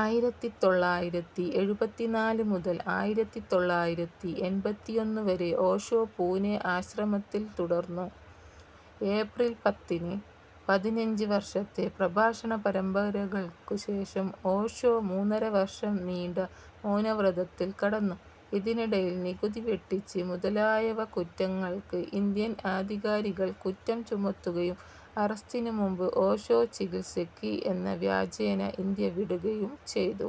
ആയിരത്തിത്തൊള്ളായിരത്തിഎഴുപത്തിനാല് മുതൽ ആയിരത്തിതൊള്ളായിരത്തിഎൻപത്തിയൊന്നു വരെ ഓഷോ പൂനെ ആശ്രമത്തിൽ തുടർന്നു. ഏപ്രിൽ പത്തിന് ,പതിനഞ്ച് വർഷത്തെ പ്രഭാഷണ പരമ്പരകൾക്കു ശേഷം ഓഷോ മൂന്നരവർഷം നീണ്ട മൗനവ്രതത്തിൽ കടന്നു. ഇതിനിടയിൽ നികുതി വെട്ടിച്ച് മുതലായ കുറ്റങ്ങൾക്ക് ഇന്ത്യൻ അധികാരികൾ കുറ്റം ചുമത്തുകയും അറസ്റ്റിനു മുൻപ് ഓഷോ ചികിത്സയ്ക്ക് എന്ന വ്യാജേന ഇന്ത്യ വിടുകയും ചെയ്തു.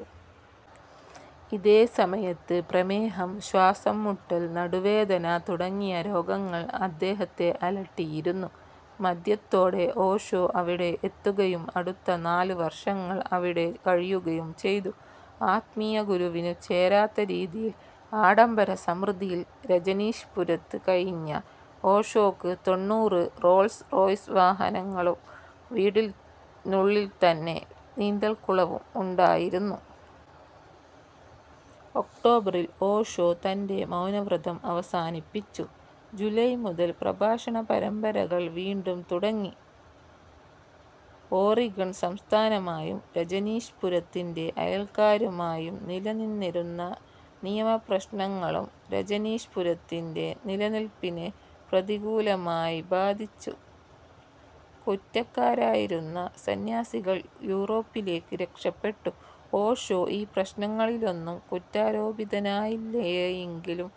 ഇതേ സമയത്ത് പ്രമേഹം, ശ്വാസം മുട്ടൽ, നടുവേദന തുടങ്ങിയ രോഗങ്ങൾ അദ്ദേഹത്തെ അലട്ടിയിരുന്നു. മധ്യത്തോടെ ഓഷോ അവിടെ എത്തുകയും അടുത്ത നാലു വർഷങ്ങൾ അവിടെ കഴിയുകയും ചെയ്തു. ആത്മീയ ഗുരുവിനു ചേരാത്തരീതിയിൽ ആഡംബര സമൃദ്ധിയിൽ രജനീഷ്പുരത്ത് കഴിഞ്ഞ ഓഷോക്ക് തൊണ്ണൂറ് റോൾസ് റോയ്സ് വാഹനങ്ങളും വീടിനുള്ളിൽത്തന്നെ നീന്തൽക്കുളവും ഉണ്ടായിരുന്നു. ഒക്ടോബറിൽ ഓഷോ തന്റെ മൗനവ്രതം അവസാനിപ്പിച്ചു. ജൂലൈ മുതൽ പ്രഭാഷണ പരമ്പരകൾ വീണ്ടും തുടങ്ങി. ഓറിഗൺ സംസ്ഥാനമായും രജനീഷ്പുരത്തിന്റെ അയൽക്കാരുമായും നിലനിന്നിരുന്ന നിയമ പ്രശ്നങ്ങളും രജനീഷ്പുരത്തിന്റെ നിലനിൽപ്പിനെ പ്രതികൂലമായി ബാധിച്ചു. കുറ്റക്കാരായിരുന്ന സന്ന്യാസികൾ യൂറോപ്പിലേക്ക് രക്ഷപെട്ടു. ഓഷോ ഈ പ്രശ്നങ്ങളിലൊന്നും കുറ്റാരോപിതനായില്ലയെങ്കിലും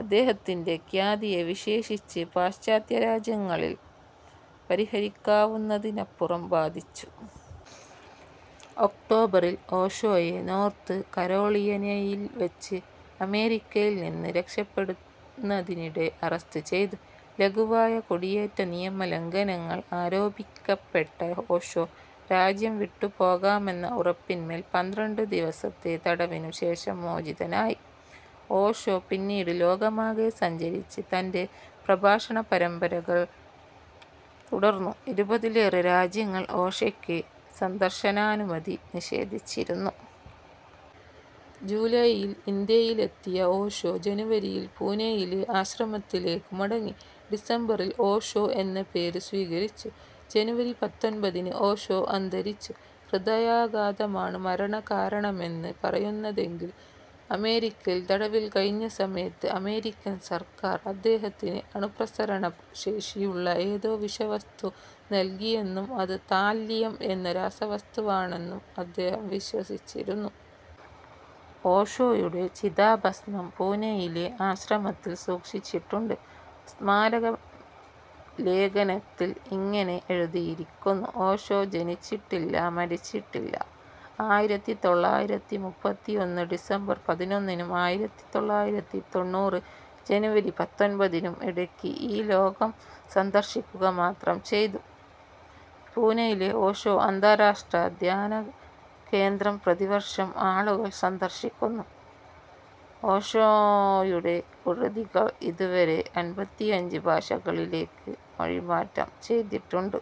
അദ്ദേഹത്തിന്റെ ഖ്യാതിയെ വിശേഷിച്ച് പാശ്ചാത്യ രാജ്യങ്ങളിൽ പരിഹരിക്കാവുന്നതിനപ്പുറം ബാധിച്ചു. ഒക്ടോബറിൽ, ഓഷോയെ നോർത്ത് കരോളീനയിൽ വച്ച് അമേരിക്കയിൽ നിന്ന് രക്ഷപെടുന്നതിനിടെ അറസ്റ്റ് ചെയ്തു. ലഘുവായ കുടിയേറ്റ നിയമ ലംഘനങ്ങൾ ആരോപിക്കപ്പെട്ട ഓഷോ, രാജ്യം വിട്ടുപോകാമെന്ന ഉറപ്പിന്മേൽ പന്ത്രണ്ട് ദിവസത്തെ തടവിനു ശേഷം മോചിതനായി. ഓഷോ പിന്നീട് ലോകമാകെ സഞ്ചരിച്ച് തന്റെ പ്രഭാഷണ പരമ്പരകൾ തുടർന്നു. ഇരുപതിലേറെ രാജ്യങ്ങൾ ഓഷയ്ക്ക് സന്ദർശനാനുമതി നിഷേധിച്ചിരുന്നു. ജൂലൈയിൽ ഇന്ത്യയിലെത്തിയ ഓഷോ, ജനുവരിയിൽ പൂനെയിലെ ആശ്രമത്തിലേക്കു മടങ്ങി. ഡിസംബറിൽ ഓഷോ എന്ന പേര് സ്വീകരിച്ചു. ജനുവരി പത്തൊൻപതിന് ഓഷോ അന്തരിച്ചു. ഹൃദയാഘാതമാണ് മരണകാരണമെന്ന് പറയുന്നതെങ്കിലും, അമേരിക്കയിൽ തടവിൽ കഴിഞ്ഞ സമയത്ത് അമേരിക്കൻ സർക്കാർ അദ്ദേഹത്തിന് അണുപ്രസരണ ശേഷിയുള്ള ഏതോ വിഷവസ്തു നൽകിയെന്നും അത് താല്ലിയം എന്ന രാസവസ്തുവാണെന്നും അദ്ദേഹം വിശ്വസിച്ചിരുന്നു. ഓഷോയുടെ ചിതാഭസ്മം പൂനെയിലെ ആശ്രമത്തിൽ സൂക്ഷിച്ചിട്ടുണ്ട്. സ്മാരക ലേഘനത്തിൽ ഇങ്ങനെ എഴുതിയിരിക്കുന്നു "ഓഷോ ജനിച്ചിട്ടില്ല മരിച്ചിട്ടില്ല ". ആയിരത്തിതൊള്ളായിരത്തിമുപ്പത്തിയൊന്ന് ഡിസംബർ പതിനൊന്നിനും, ആയിരത്തിതൊള്ളായിരത്തിത്തൊണ്ണൂറ്‍ ജനുവരി പത്തൊൻപതിനും ഇടയ്ക്ക് ഈ ലോകം സന്ദർശിക്കുക മാത്രം ചെയ്തു. പൂനെയിലെ ഓഷോ അന്താരാഷ്ട്ര ധ്യാനകേന്ദ്രം പ്രതിവർഷം ആളുകൾ സന്ദർശിക്കുന്നു. ഓഷോയുടെ കൃതികൾ ഇതു വരെ അൻപത്തിയഞ്ച് ഭാഷകളിലേക്ക് മൊഴിമാറ്റം ചെയ്തിട്ടുണ്ട്.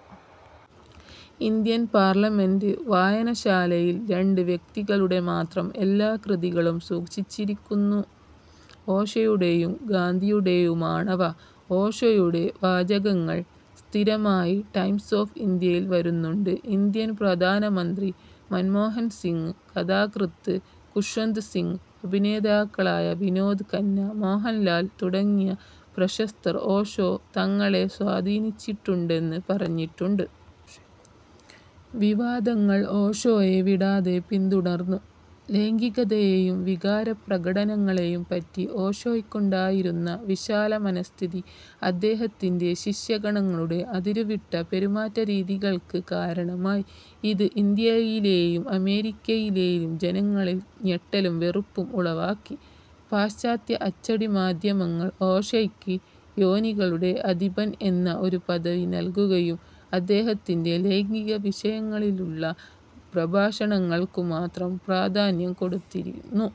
ഇന്ത്യൻ പാർലമന്റ് വായനശാലയിൽ രണ്ട് വ്യക്തികളുടെ മാത്രം എല്ലാ കൃതികളും സൂക്ഷിച്ചിരിക്കുന്നു ഓഷോയുടെയും ഗാന്ധിയുടെയുമാണവ. ഓഷോയുടെ വാചകങ്ങൾ സ്ഥിരമായി ടൈംസ് ഓഫ് ഇന്ത്യയിൽ വരുന്നുണ്ട്. ഇന്ത്യൻ പ്രധാനമന്ത്രി മൻമോഹൻ സിംഗ്, കഥാകൃത്ത് ഖുശ്വന്ത് സിങ്, അഭിനേതാക്കളായ വിനോദ് ഖന്ന, മോഹൻലാൽ തുടങ്ങിയ പ്രശസ്തർ ഓഷോ തങ്ങളെ സ്വാധീനിച്ചിട്ടുണ്ടന്ന് പറഞ്ഞിട്ടുണ്ട്. വിവാദങ്ങൾ ഓഷോയെ വിടാതെ പിന്തുടർന്നു. ലൈംഗികതെയും വികാരപ്രകടനങ്ങളെയും പറ്റി ഓഷോയ്ക്കുണ്ടായിരുന്ന വിശാല മനഃസ്ഥിതി അദ്ദേഹത്തിന്റെ ശിഷ്യഗണങ്ങളുടെ അതിരുവിട്ട പെരുമാറ്റരീതികൾക്ക് കാരണമായി. ഇത് ഇന്ത്യയിലേയും അമേരിക്കയിലേയും ജനങ്ങളിൽ ഞെട്ടലും വെറുപ്പും ഉളവാക്കി. പാശ്ചാത്യ അച്ചടി മാധ്യമങ്ങൾ, ഓഷോയ്ക്ക് "യോനികളുടെ അധിപൻ" എന്ന ഒരു പദവി നൽകുകയും, അദ്ദേഹത്തിന്റെ ലൈംഗിക വിഷയങ്ങളിലുള്ള പ്രഭാഷണങ്ങൾക്കു മാത്രം പ്രാധാന്യം കൊടുത്തിരുന്നു.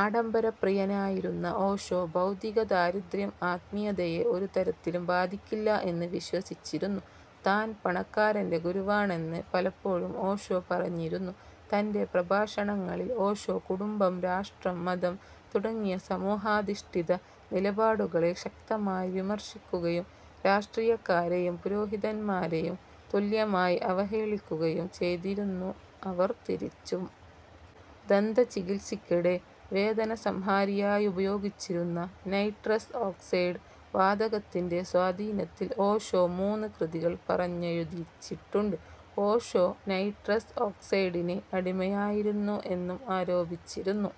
ആഡംബര പ്രിയനായിരുന്ന ഓഷോ, ഭൗതിക ദാരിദ്ര്യം ആത്മീയതയെ ഒരു തരത്തിലും ബാധിക്കില്ല എന്ന് വിശ്വസിച്ചിരുന്നു. താൻ പണക്കാരന്റെ ഗുരുവാണെന്ന് പലപ്പോഴും ഓഷോ പറഞ്ഞിരുന്നു. തന്റെ പ്രഭാഷണങ്ങളിൽ ഓഷോ കുടുംബം, രാഷ്ട്രം, മതം തുടങ്ങിയ സമൂഹാധിഷ്ഠിത നിലപാടുകളെ ശക്തമായി വിമർശിക്കുകയും, രാഷ്ട്രീയക്കാരേയും പുരോഹിതന്മാരേയും, തുല്യമായി അവഹേളിക്കുകയും ചെയ്തിരുന്നു അവർ തിരിച്ചും. ദന്ത ചികിത്സയ്ക്കിടെ വേദന സംഹാരിയായുപയോഗിച്ചിരുന്ന നൈട്രസ് ഓക്സൈഡ് വാതകത്തിന്റെ സ്വാധീനത്തിൽ ഓഷോ മൂന്ന് കൃതികൾ പറഞ്ഞെഴുതിച്ചിട്ടുണ്ട്. ഓഷോ നൈട്രസ് ഓക്സൈഡിന് അടിമയായിരുന്നു എന്നും ആരോപിച്ചിരുന്നു.